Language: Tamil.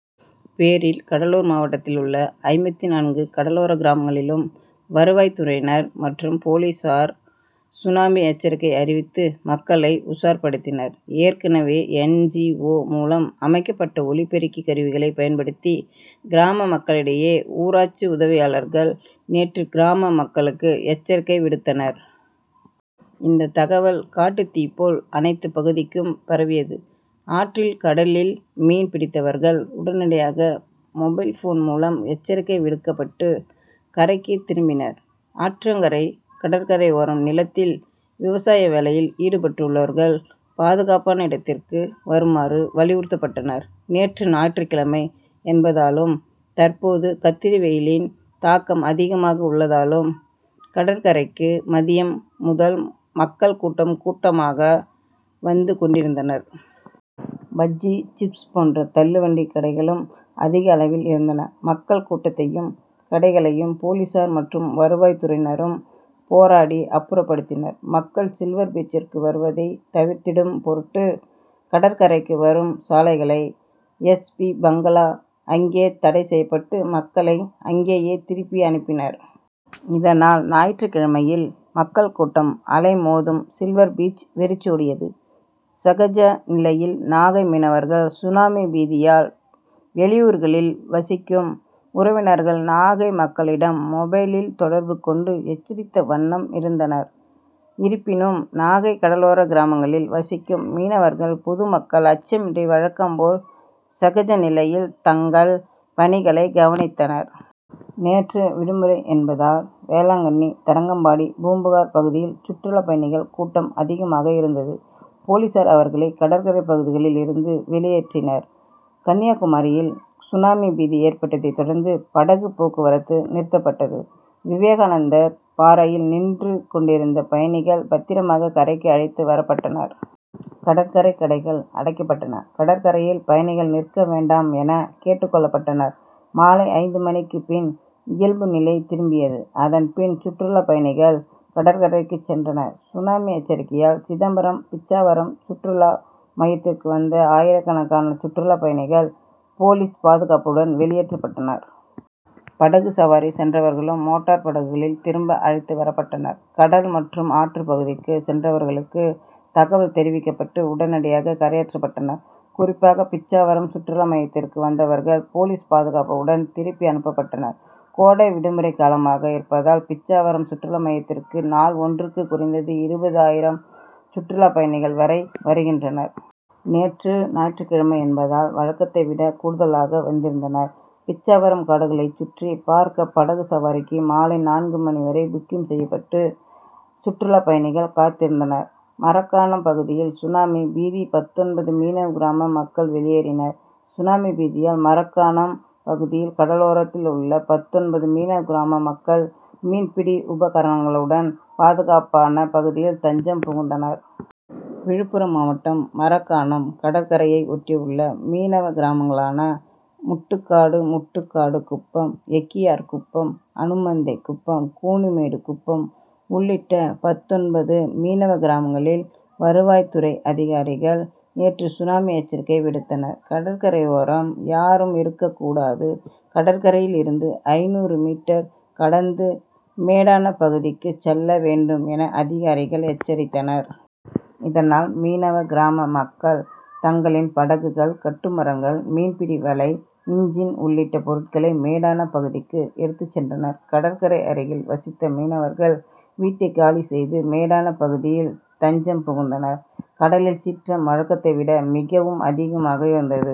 பேரில் கடலூர் மாவட்டத்தில் உள்ள ஐம்பத்தி நான்கு கடலோர கிராமங்களிலும் வருவாய்த் துறையினர் மற்றும் போலீசார் சுனாமி எச்சரிக்கை அறிவித்து மக்களை உஷார்படுத்தினர். ஏற்கனவே என். ஜி. ஓ. மூலம் அமைக்கப்பட்ட ஒலிப்பெருக்கி கருவிகளைப் பயன்படுத்தி கிராம மக்களிடையே ஊராட்சி உதவியாளர்கள் நேற்று கிராம மக்களுக்கு எச்சரிக்கை விடுத்தனர். இந்த தகவல் காட்டுத்தீ போல் அனைத்துப் பகுதிக்கும் பரவியது. ஆற்றில் கடலில் மீன் பிடித்தவர்கள் உடனடியாக மொபைல் போன் மூலம் எச்சரிக்கை விடுக்கப்பட்டு கரைக்குத் திரும்பினர். ஆற்றங்கரை கடற்கரையோரம் நிலத்தில் விவசாய வேலையில் ஈடுபட்டுள்ளவர்கள் பாதுகாப்பான இடத்திற்கு வருமாறு வலியுறுத்தப்பட்டனர். நேற்று ஞாயிற்றுக் கிழமை என்பதாலும் தற்போது கத்திரி வெயிலின் தாக்கம் அதிகமாக உள்ளதாலும் கடற்கரைக்கு மதியம் முதல் மக்கள் கூட்டம் கூட்டமாக வந்து கொண்டிருந்தனர். பஜ்ஜி சிப்ஸ் போன்ற தள்ளு வண்டி கடைகளும் அதிக அளவில் இருந்தன. மக்கள் கூட்டத்தையும் கடைகளையும் போலீசார் மற்றும் வருவாய்த் துறையினரும் போராடி அப்புறப்படுத்தினர். மக்கள் சில்வர் பீச்சிற்கு வருவதை தவிர்த்திடும் பொருட்டு கடற்கரைக்கு வரும் சாலைகளை எஸ். பி. பங்களா அருகே தடை செய்யப்பட்டு மக்களை அங்கேயே திருப்பி அனுப்பினர். இதனால் ஞாயிற்றுக் கிழமையில் மக்கள் கூட்டம் அலைமோதும் சில்வர் பீச் வெறிச்சோடியது. சகஜ நிலையில் நாகை மீனவர்கள் சுனாமி பீதியால் வெளியூர்களில் வசிக்கும் உறவினர்கள் நாகை மக்களிடம் மொபைலில் தொடர்பு கொண்டு எச்சரித்த வண்ணம் இருந்தனர். இருப்பினும் நாகை கடலோர கிராமங்களில் வசிக்கும் மீனவர்கள் பொதுமக்கள் அச்சமின்றி வழக்கம் போல் சகஜ நிலையில் தங்கள் பணிகளை கவனித்தனர். நேற்று விடுமுறை என்பதால் வேளாங்கண்ணி தரங்கம்பாடி பூம்புகார் பகுதியில் சுற்றுலாப் பயணிகள் கூட்டம் அதிகமாக இருந்தது. போலீசார் அவர்களை கடற்கரை பகுதிகளில் இருந்து வெளியேற்றினர். கன்னியாகுமரியில் சுனாமி பீதி ஏற்பட்டதை தொடர்ந்து படகு போக்குவரத்து நிறுத்தப்பட்டது. விவேகானந்தர் பாறையில் நின்று கொண்டிருந்த பயணிகள் பத்திரமாக கரைக்கு அழைத்து வரப்பட்டனர். கடற்கரை கடைகள் அடைக்கப்பட்டன. கடற்கரையில் பயணிகள் நிற்க வேண்டாம் என கேட்டுக் கொள்ளப்பட்டனர். மாலை ஐந்து மணிக்கு பின் இயல்புநிலை திரும்பியது. அதன்பின் சுற்றுலாப் பயணிகள் கடற்கரைக்கு சென்றனர். சுனாமி எச்சரிக்கையால் சிதம்பரம் பிச்சாவரம் சுற்றுலா மையத்திற்கு வந்த ஆயிரக்கணக்கான சுற்றுலாப் பயணிகள் போலீஸ் பாதுகாப்புடன் வெளியேற்றப்பட்டனர். படகு சவாரி சென்றவர்களும் மோட்டார் படகுகளில் திரும்ப அழைத்து வரப்பட்டனர். கடல் மற்றும் ஆற்றுப் பகுதிக்கு சென்றவர்களுக்குத் தகவல் தெரிவிக்கப்பட்டு உடனடியாக கரையேற்றப்பட்டனர். குறிப்பாக பிச்சாவரம் சுற்றுலா மையத்திற்கு வந்தவர்கள் போலீஸ் பாதுகாப்புடன் திருப்பி அனுப்பப்பட்டனர். கோடை விடுமுறை காலமாக இருப்பதால் பிச்சாவரம் சுற்றுலா மையத்திற்கு நாள் ஒன்றுக்கு குறைந்தது இருபது ஆயிரம் சுற்றுலாப் பயணிகள் வரை வருகின்றனர். நேற்று ஞாயிற்று கிழமை என்பதால் வழக்கத்தை விட கூடுதலாக வந்திருந்தனர். பிச்சாவரம் காடுகளை சுற்றிப் பார்க்க படகு சவாரிக்கு மாலை நான்கு மணி வரை புக்கிங் செய்யப்பட்டு சுற்றுலா பயணிகள் காத்திருந்தனர். மரக்காணம் பகுதியில் சுனாமி பீதி பத்தொன்பது மீனவ கிராம மக்கள் வெளியேறினர் சுனாமி பீதியால் மரக்காணம் பகுதியில் கடலோரத்தில் உள்ள பத்தொன்பது மீனவ கிராம மக்கள் மீன்பிடி உபகரணங்களுடன் பாதுகாப்பான பகுதியில் தஞ்சம் புகுந்தனர். விழுப்புரம் மாவட்டம் மரக்காணம் கடற்கரையையொட்டி உள்ள மீனவ கிராமங்களான முட்டுக்காடு முட்டுக்காடு குப்பம் எக்கியார்குப்பம் அனுமந்தை குப்பம் கூனிமேடு குப்பம் உள்ளிட்ட பத்தொன்பது மீனவ கிராமங்களில் வருவாய்த் துறை அதிகாரிகள் நேற்று சுனாமி எச்சரிக்கை விடுத்தனர். கடற்கரையோரம் யாரும் இருக்கக் கூடாது கடற்கரையில் இருந்து ஐநூறு மீட்டர் கடந்து மேடான பகுதிக்கு செல்ல வேண்டும் என அதிகாரிகள் எச்சரித்தனர். இதனால் மீனவ கிராம மக்கள் தங்களின் படகுகள் கட்டுமரங்கள் மீன்பிடி வலை இன்ஜின் உள்ளிட்ட பொருட்களை மேடான பகுதிக்கு எடுத்துச் சென்றனர். கடற்கரை அருகில் வசித்த மீனவர்கள் வீட்டை காலி செய்து மேடான பகுதியில் தஞ்சம் புகுந்தனர். கடலின் சீற்றம் வழக்கத்தைவிட மிகவும் அதிகமாக இருந்தது.